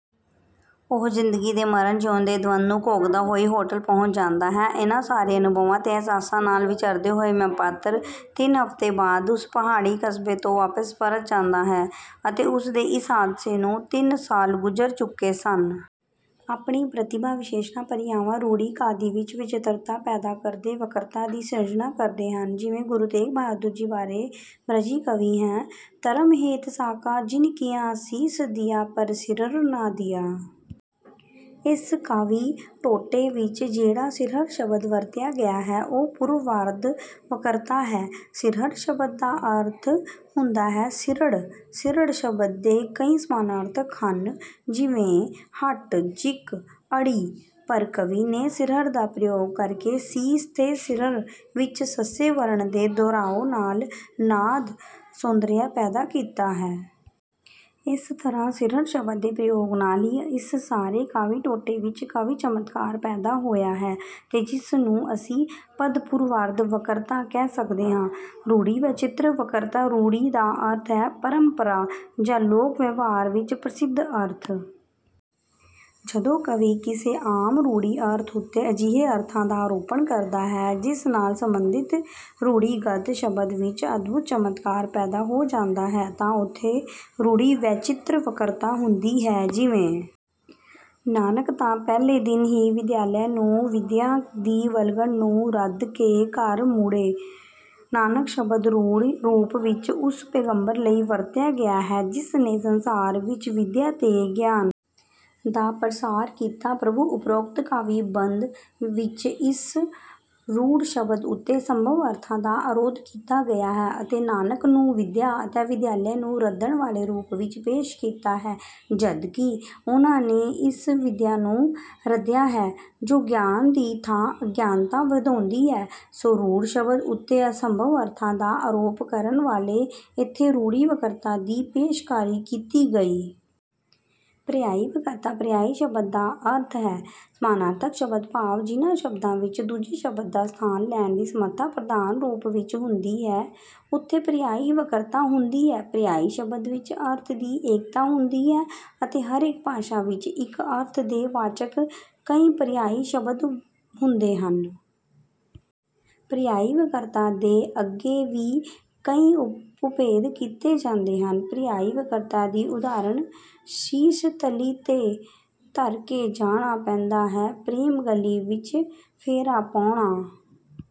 ਉਹ ਜ਼ਿੰਦਗੀ ਦੇ ਮਰਣ-ਜਿਉਣ ਦੇ ਦਵੰਦ ਨੂੰ ਘੋਖਦਾ ਹੋਈ ਹੋਟਲ ਪਹੁੰਚ ਜਾਂਦਾ ਹੈ। ਇਹਨਾਂ ਸਾਰੇ ਅਨੁਭਵਾਂ ਤੇ ਅਹਿਸਾਸਾਂ ਨਾਲ ਵਿਚਰਦੇ ਹੋਏ "ਮੈਂ" ਪਾਤਰ ਤਿੰਨ ਹਫ਼ਤੇ ਬਾਅਦ ਉਸ ਪਹਾੜੀ ਕਸਬੇ ਤੋਂ ਵਾਪਿਸ ਪਰਤ ਜਾਂਦਾ ਹੈ ਅਤੇ ਉਸ ਦੇ ਇਸ ਹਾਦਸੇ ਨੂੰ ਤਿੰਨ ਸਾਲ ਗੁਜਰ ਚੁਕੇ ਸਨ। ਆਪਣੀ ਪ੍ਰਤਿਭਾ ਵਿਸ਼ੇਸਣਾ, ਪਰਿਆਵਾਂ, ਰੂੜੀ ਕਾਦਿ ਵਿੱਚ ਵਿਚਿਤ੍ਰਤਾ ਪੈਦਾ ਕਰਕੇ ਵਕ੍ਰਤਾ ਦੀ ਸਿਰਜਣਾ ਕਰਦੇ ਹਨ। ਜਿਵੇਂ ਗੁਰੂ ਤੇਗ ਬਹਾਦਰ ਜੀ ਬਾਰੇ ਬ੍ਰਜੀ ਕਵੀ ਹੈ- 'ਧਰਮ ਹੇਤ ਸਾਕਾ ਜਿਨਿ ਕੀਆ ਸੀਸ ਦੀਆ ਪਰ ਸਿਰਰ ਨਾ ਦੀਆ'। ਇਸ ਕਾਵਿ ਟੋਟੇ ਵਿੱਚ ਜਿਹੜਾ 'ਸਿਰਰ' ਸ਼ਬਦ ਵਰਤਿਆ ਗਿਆ ਹੈ ਉਹ ਪੂਰਵਾਰਧ ਵਕ੍ਰਤਾ ਹੈ। 'ਸਿਰਰ ' ਸ਼ਬਦ ਦਾ ਅਰਥ ਹੁੰਦਾ ਸਿਰੜ, ਸਿਰੜ ਸ਼ਬਦ ਦੇ ਕਈ ਸਮਾਨਆਰਥਕ ਹਨ ਜਿਵੇਂ ਹਠ, ਜ਼ਿਕ, ਅੜੀ। ਪਰ ਕਵੀ ਨੇ ਸਿਰਰ ਦਾ ਪ੍ਰਯੋਗ ਕਰਕੇ ਸੀਸ ਤੇ ਸਿਰਰ ਵਿੱਚ ਸੱਸੇ ਵਰਣ ਦੇ ਦੁਹਰਾਉ ਨਾਲ ਨਾਦ-ਸੌਂਦਰਯ ਪੈਦਾ ਕੀਤਾ ਹੈ। ਇਸ ਤਰ੍ਹਾਂ 'ਸਿਰਰ' ਸ਼ਬਦ ਦੇ ਪ੍ਰਯੋਗ ਨਾਲ ਹੀ ਇਸ ਸਾਰੇ ਕਾਵੀ ਟੋਟੇ ਵਿੱਚ ਕਾਵਿ ਚਮਤਕਾਰ ਪੈਦਾ ਹੋਇਆ ਹੈ ਤੇ ਜਿਸਨੂੰ ਅਸੀਂ ਪਦ ਪੂਰਵਾਰਧ ਵਕ੍ਰਤਾ ਕਹਿ ਸਕਦੇ ਹਾਂ। ਰੂੜੀ ਵੈਚਿਤ੍ਰ ਵਕ੍ਰਤਾ ਰੂੜੀ ਦਾ ਅਰਥ ਹੈ ਪਰੰਪਰਾ ਜਾਂ 'ਲੋਕ-ਵਿਵਹਾਰ' ਵਿੱਚ ਪ੍ਰਸਿੱਧ ਅਰਥ। ਜਦੋਂ ਕਵੀ ਕਿਸੇ ਆਮ ਰੂੜੀ ਅਰਥ ਉੱਤੇ ਅਜਿਹੇ ਅਰਥਾਂ ਦਾ ਆਰੋਪਣ ਕਰਦਾ ਹੈ, ਜਿਸ ਨਾਲ ਸੰਬੰਧਿਤ ਰੂੜੀਗਤ ਸ਼ਬਦ ਵਿੱਚ ਅਦਭੂਤ ਚਮਤਕਾਰ ਪੈਦਾ ਹੋ ਜਾਂਦਾ ਹੈ ਤਾਂ ਉੱਥੇ ਰੂੜੀ ਵੈਚਿਤ੍ਰ ਵਕ੍ਰਤਾ ਹੁੰਦੀ ਹੈ ਜਿਵੇਂ- "ਨਾਨਕ ਤਾਂ ਪਹਿਲੇ ਦਿਨ ਹੀ ਵਿਦਿਆਲੇ ਨੂੰ ਵਿਦਿਆ ਦੀ ਵਲਗਣ ਨੂੰ ਰੱਦ ਕੇ ਘਰ ਮੁੜੇ" 'ਨਾਨਕ' ਸ਼ਬਦ ਰੂੜ ਰੂਪ ਵਿੱਚ ਉਸ ਪੈਗੰਬਰ ਲਈ ਵਰਤਿਆ ਗਿਆ ਹੈ ਜਿਸ ਨੇ ਸੰਸਾਰ ਵਿੱਚ ਵਿਦਿਆ ਤੇ ਗਿਆਨ ਦਾ ਪ੍ਰਸਾਰ ਕੀਤਾ ਪ੍ਰਭੂ ਉਪਰੋਕਤ ਕਾਵਿ-ਬੰਦ ਵਿੱਚ ਇਸ ਰੂੜ ਸ਼ਬਦ ਉੱਤੇ ਅਸੰਭਵ-ਅਰਥਾਂ ਦਾ ਆਰੋਧ ਕੀਤਾ ਗਿਆ ਹੈ ਅਤੇ 'ਨਾਨਕ' ਨੂੰ ਵਿਦਿਆ ਅਤੇ ਵਿਦਿਆਲੇ ਨੂੰ ਰੱਦਣ ਵਾਲੇ ਰੂਪ ਵਿੱਚ ਪੇਸ਼ ਕੀਤਾ ਹੈ ਜਦ ਕਿ ਉਹਨਾਂ ਨੇ ਇਸ ਵਿਦਿਆ ਨੂੰ ਰੱਦਿਆ ਹੈ ਜੋ ਗਿਆਨ ਦੀ ਥਾਂ ਅਗਿਆਨਤਾ ਵਧਾਉਂਦੀ ਹੈ, ਸੋ ਰੂੜ ਸ਼ਬਦ ਉੱਤੇ ਅਸੰਭਵ ਅਰਥਾਂ ਦਾ ਆਰੋਪ ਕਰਨ ਕਰਕੇ ਇੱਥੇ ਰੂੜੀ ਵਕ੍ਰਤਾ ਦੀ ਪੇਸ਼ਕਾਰੀ ਕੀਤੀ ਗਈ। ਪਰਿਆਇ ਵਕ੍ਰਤਾ ਪਰਿਆਇ ਸ਼ਬਦ ਦਾ ਅਰਥ ਹੈ 'ਸਮਾਨਾਰਥਕ ਸ਼ਬਦ' ਭਾਵ ਜਿਨ੍ਹਾਂ ਸ਼ਬਦਾਂ ਵਿੱਚ ਦੂਜੇ ਸ਼ਬਦਾਂ ਦਾ ਸਥਾਨ ਲੈਣ ਦੀ ਸਮਰਥਾ ਪ੍ਰਧਾਨ ਰੂਪ ਵਿੱਚ ਹੁੰਦੀ ਹੈ, ਉੱਥੇ ਪਰਿਆਇ ਵਕ੍ਰਤਾ ਹੁੰਦੀ ਹੈ। ਪਰਿਆਇ ਸ਼ਬਦਾਂ ਵਿੱਚ ਅਰਥ ਦੀ ਏਕਤਾ ਹੁੰਦੀ ਹੈ ਅਤੇ ਹਰੇਕ ਭਾਸ਼ਾ ਵਿੱਚ ਇਕ ਅਰਥ ਦੇ ਵਾਚਕ ਕਈ ਪਰਿਆਇ ਸ਼ਬਦ ਹੁੰਦੇ ਹਨ। ਪਰਿਆਇ ਵਕ੍ਰਤਾ ਦੇ ਅੱਗੇ ਵੀ ਕਈ ਉਪਭੇਦ ਕੀਤੇ ਜਾਂਦੇ ਹਨ। ਪਰਿਆਇ ਵਕ੍ਰਤਾ ਦੀ ਉਦਾਹਰਣ- "ਸੀਸ ਤਲੀ ਤੇ ਧਰਕੇ ਜਾਣਾ ਪੈਂਦਾ ਹੈ, ਪ੍ਰੇਮ ਗਲੀ ਵਿੱਚ ਫੇਰਾ ਪਾਉਣਾ"